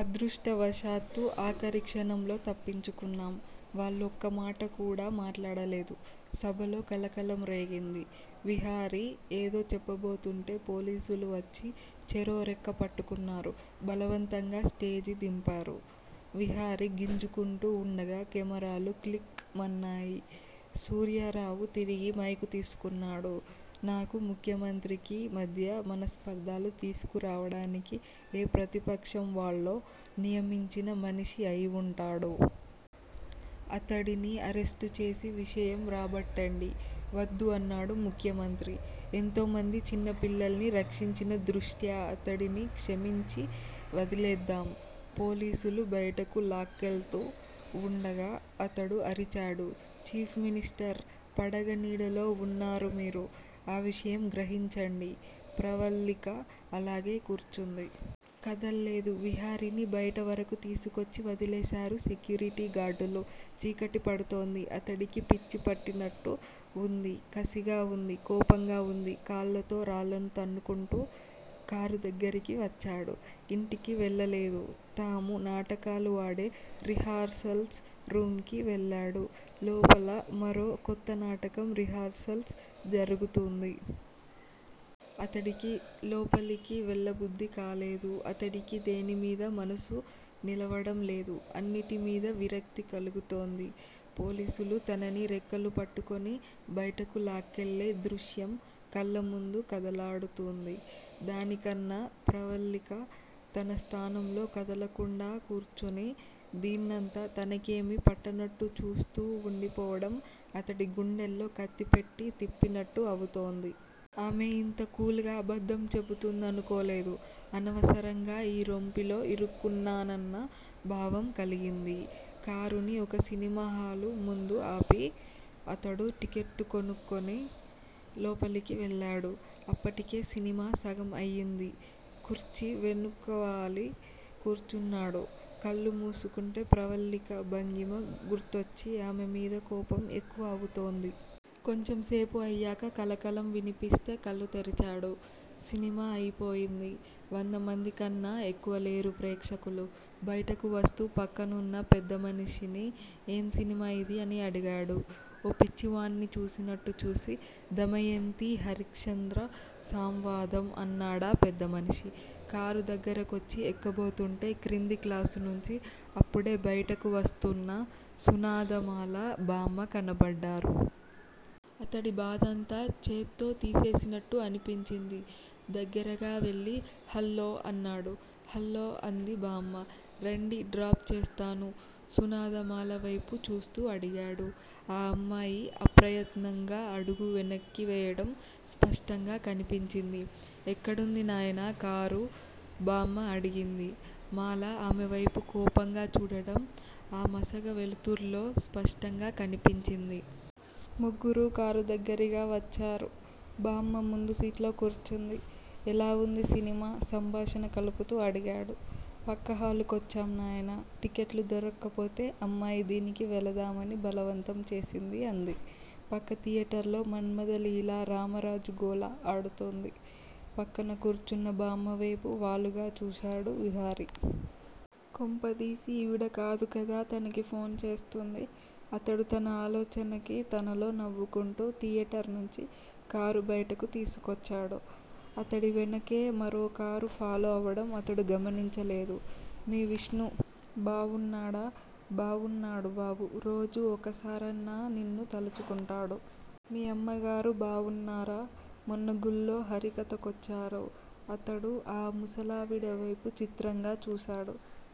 అదృష్టవశాత్తు ఆఖరి క్షణంలో తప్పించుకున్నాం. వాళ్ళు ఒక్కమాట కూడా మాట్లాడలేదు. సభలో కలకలం రేగింది. విహారి ఏదో చెప్పబోతుంటే పోలీసులు వచ్చి చెరో రెక్క పట్టుకున్నారు. బలవంతంగా స్టేజి దింపారు. విహారి గింజుకుంటూ వుండగా కెమెరాలు క్లిక్ మన్నాయి. సూర్యారావు తిరిగి మైకు తీసుకున్నాడు. నాకూ, ముఖ్యమంత్రికీ మధ్య మనస్పర్ధలు తీసుకురావడానికి ఏ ప్రతిపక్షం వాళ్ళో నియమించిన మనిషి అయివుంటాడు. అతడిని అరెస్టుచేసి విషయం రాబట్టండి. వద్దు అన్నాడు ముఖ్యమంత్రి. ఎంతోమంది చిన్న పిల్లల్ని రక్షించిన దృష్ట్యా అతడిని క్షమించి వదిలేద్దాం. పోలీసులు బయటకు లాక్కెళ్తూ వుండగా అతడు అరిచాడు. Chief minister! పడగ నీడలో వున్నారు మీరు. ఆ విషయం గ్రహించండి. ప్రవల్లిక అలాగే కూర్చుంది. కదల్లేదు. విహారిని బయటవరకు తీసుకొచ్చి వదిలేశారు సెక్యూరిటీ గార్డులు. చీకటి పడుతోంది. అతడికి పిచ్చి పట్టినట్టు వుంది. కసిగా వుంది. కోపంగా వుంది. కాళ్ళతో రాళ్ళను తన్నుకుంటూ కారు దగ్గరికి వచ్చాడు. ఇంటికి వెళ్ళలేదు. తాము నాటకాలు ఆడే రిహార్సల్స్ రూమ్ కి వెళ్ళాడు. లోపల మరో కొత్త నాటకం రిహార్సల్స్ జరుగుతూంది. అతడికి లోపలికి వెళ్ళబుద్ధి కాలేదు. అతడికి దేనిమీదా మనసు నిలవడంలేదు. అన్నిటిమీదా విరక్తి కలుగుతోంది. పోలీసులు తనని రెక్కలు పట్టుకుని బయటకు లాక్కెళ్ళే దృశ్యం కళ్ళముందు కదలాడుతూంది. దానికన్నా ప్రవల్లిక తన స్థానంలో కదలకుండా కూర్చుని దీన్నంతా తనకేమీ పట్టనట్టు చూస్తూ వుండిపోవడం అతడి గుండెల్లో కత్తిపెట్టి తిప్పినట్టు అవుతోంది. ఆమె యింత కూల్ గా అబద్ధం చెపుతుందనుకోలేదు. అనవసరంగా ఈ రొంపిలో ఇరుక్కున్నానన్న భావం కలిగింది. కారుని ఒక సినిమాహాలు ముందు ఆపి అతడు టిక్కెట్టు కొనుక్కుని లోపలికి వెళ్ళాడు. అప్పటికే సినిమా సగం అయింది. కుర్చీ వెనక్కువాలి కూర్చున్నాడు. కళ్ళు మూసుకుంటే ప్రవల్లిక భంగిమ గుర్తొచ్చి ఆమెమీద కోపం ఎక్కువ అవుతోంది. కొంచెంసేపు అయ్యాక కలకలం వినిపిస్తే కళ్ళు తెరిచాడు. సినిమా అయిపోయింది. వందమందికన్నా ఎక్కువలేరు ప్రేక్షకులు. బయటకు వస్తూ పక్కనున్న పెద్ద మనిషిని ఏం సినిమా యిది అని అడిగాడు. ఓ పిచ్చివాణ్ని చూసినట్టు చూసి దమయంతీ హరిశ్చంద్ర సంవాదం అన్నాడా పెద్దమనిషి. కారు దగ్గిరకొచ్చి ఎక్కబోతుంటే క్రింది క్లాసునుంచి అప్పుడే బయటకు వస్తూన్న సునాదమాల, బామ్మ కనపడ్డారు. అతడి బాధంతా చేత్తో తీసేసినట్టు అనిపించింది. దగ్గరగా వెళ్ళి హల్లో అన్నాడు. హల్లో అంది బామ్మ. రండి. డ్రాప్ చేస్తాను సునాదమాలవేపు చూస్తూ అడిగాడు. ఆ అమ్మాయి అప్రయత్నంగా అడుగు వెనక్కి వేయడం స్పష్టంగా కనిపించింది. ఎక్కడుంది నాయనా కారు బామ్మ అడిగింది. మాల ఆమెవైపు కోపంగా చూడడం ఆ మసక వెలుతుర్లో స్పష్టంగా కనిపించింది. ముగ్గురూ కారు దగ్గరిగా వచ్చారు. బామ్మ ముందు సీట్లో కూర్చుంది. ఎలా వుంది సినిమా సంభాషణ కలుపుతూ అడిగాడు. పక్క హాలు కొచ్చాం నాయనా, టిక్కెట్లు దొరక్కపోతే అమ్మాయి దీనికి వెళదామని బలవంతం చేసింది అంది. పక్క ధియేటర్ లో 'మన్మధలీల-రామరాజుగోల' ఆడుతోంది. పక్కన కూర్చున్న బామ్మవేపు వాలుగా చూశాడు విహారి. కొంపదీసి ఈవిడ కాదు కదా తనకి ఫోన్ చేస్తూంది? అతడు తన ఆలోచనకి తనలో నవ్వుకుంటూ ధియేటర్ నుంచి కారు బయటకు తీసుకొచ్చాడు. అతడివెనకే మరో కారు ఫాలో అవడం అతడు గమనించలేదు. మీ విష్ణు బావున్నాడా? బావున్నాడు బాబూ. రోజూ ఒకసారన్నా నిన్ను తలుచుకుంటాడు. మీ అమ్మగారు బావున్నారా? మొన్న గుళ్ళో హరికథకొచ్చారు. అతడు ఆ ముసలావిడవైపు చిత్రంగా చూశాడు.